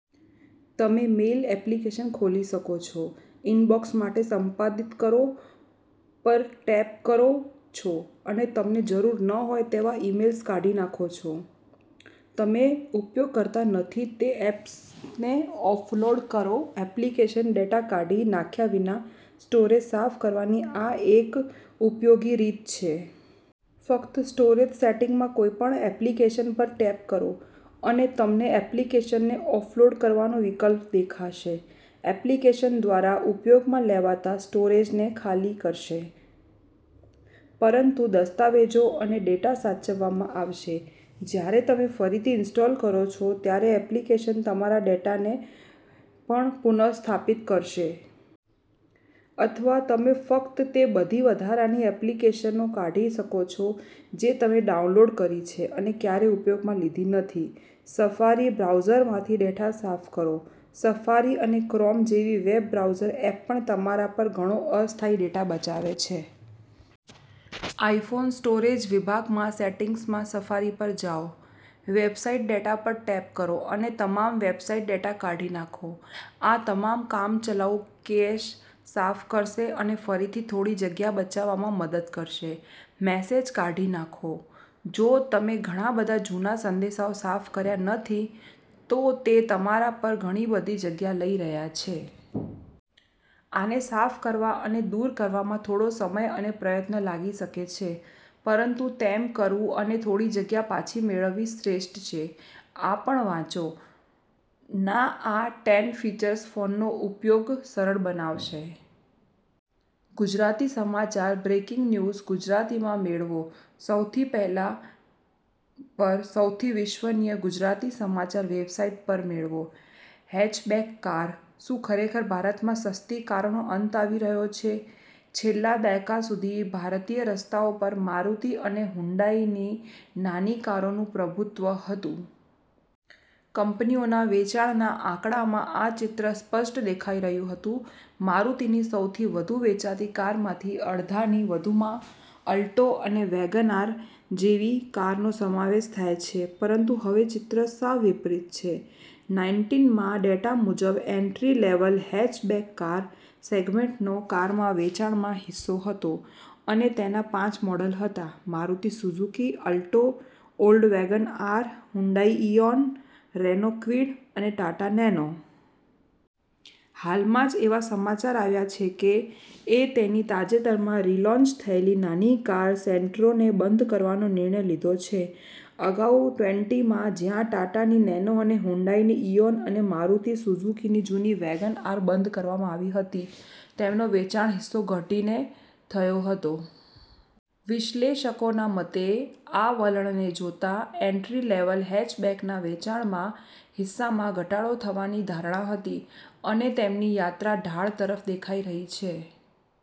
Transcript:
તમે mail application ખોલી શકો છો, ઇનબૉક્સ માટે સંપાદિત કરો પર ટેપ કરી શકો છો અને તમને જરૂર ન હોય તેવા ઇમેઇલ્સ કાઢી શકો છો. તમે ઉપયોગ કરતા નથી તે એપ્સને ઓફલોડ કરો, એપ્લિકેશન ડેટા કાઢી નાખ્યા વિના સ્ટોરેજ સાફ કરવાની આ એક ઉપયોગી રીત છે. ફક્ત સ્ટોરેજ સેટિંગ્સમાં કોઈપણ એપ્લિકેશન પર ટેપ કરો અને તમને એપ્લિકેશનને ઓફલોડ કરવાનો વિકલ્પ દેખાશે. એપ્લિકેશન દ્વારા ઉપયોગમાં લેવાતા સ્ટોરેજને ખાલી કરશે, પરંતુ દસ્તાવેજો અને ડેટા સાચવવામાં આવશે. જ્યારે તમે ફરીથી ઇન્સ્ટોલ કરો છો, ત્યારે એપ્લિકેશન તમારા ડેટાને પણ પુનઃસ્થાપિત કરશે. અથવા તમે ફક્ત તે બધી વધારાની એપ્લિકેશનો કાઢી શકો છો જે તમે ડાઉનલોડ કરી છે અને ક્યારેય ઉપયોગમાં લીધી નથી. સફારી બ્રાઉઝરમાંથી ડેટા સાફ કરો. સફારી અને ક્રોમ જેવી વેબ બ્રાઉઝર એપ પણ તમારા પર ઘણો અસ્થાયી ડેટા બચાવે છે. આઇફોન સ્ટોરેજ વિભાગમાં સેટિંગ્સમાં સફારી પર જાઓ. વેબસાઇટ ડેટા પર ટૅપ કરો અને તમામ વેબસાઇટ ડેટા કાઢી નાખો. આ તમામ કામચલાઉ કેશ સાફ કરશે અને ફરીથી થોડી જગ્યા બચાવવામાં મદદ કરશે. મેસેજ કાઢી નાખો:જો તમે ઘણા બધા જૂના સંદેશાઓ સાફ કર્યા નથી, તો તે તમારા પર ઘણી બધી જગ્યા લઈ રહ્યા છે. આને સાફ કરવા અને દૂર કરવામાં થોડો સમય અને પ્રયત્ન લાગી શકે છે, પરંતુ તેમ કરવું અને થોડી જગ્યા પાછી મેળવવી શ્રેષ્ઠ છે. આ પણ વાંચો, ના આ ટેન ફીચર્સ ફોનનો ઉપયોગ સરળ બનાવશે. ગુજરાતી સમાચાર, બ્રેકીંગ ન્યુઝ ગુજરાતીમાં મેળવો સોંથી પહેલા. પર, સૌથી વિશ્વસનીય ગુજરાતી સમાચાર વેબસાઇટ પર મેળવો હેચબેક કાર. શું ખરેખર ભારતમાં સસ્તી કારનો અંત આવી રહ્યો છે? છેલ્લા દાયકા સુધી, ભારતીય રસ્તાઓ પર મારુતિ અને હ્યુન્ડાઈની નાની કારોનું પ્રભુત્વ હતું. કંપનીઓના વેચાણના આંકડામાં આ ચિત્ર સ્પષ્ટ દેખાઈ રહ્યું હતું. મારુતિની સૌથી વધુ વેચાતી કારમાંથી અડધાથી વધુમાં અલ્ટો અને વેગનઆર જેવી કારનો સમાવેશ થાય છે. પરંતુ હવે ચિત્ર સાવ વિપરીત છે. નાઇન્ટીન માં, ડેટા મુજબ, એન્ટ્રી-લેવલ હેચબેક કાર સેગમેન્ટનો કારના વેચાણમાં હિસ્સો હતો, અને તેના પાંચ મોડલ હતા, Maruti Suzuki Alto, old Wagon R, Hyundai Eon, Renault Kwid અને ટાટા નેનો. હાલમાં જ એવા સમાચાર આવ્યા છે કે એ તેની તાજેતરમાં રિલોન્ચ થયેલી નાની કાર સેન્ટ્રોને બંધ કરવાનો નિર્ણય લીધો છે. અગાઉ ટ્વેન્ટી માં, જ્યાં ટાટાની નેનો અને હ્યુન્ડાઈની ઇઓન અને મારુતિ સુઝુકીની જૂની વેગન આર બંધ કરવામાં આવી હતી, તેમનો વેચાણ હિસ્સો ઘટીને થયો હતો. વિશ્લેષકોના મતે, આ વલણને જોતાં, એન્ટ્રી-લેવલ હેચબેકના વેચાણના હિસ્સામાં ઘટાડો થવાની ધારણા હતી. હવે તેમની યાત્રા ઢાળ તરફ દેખાઈ રહી છે.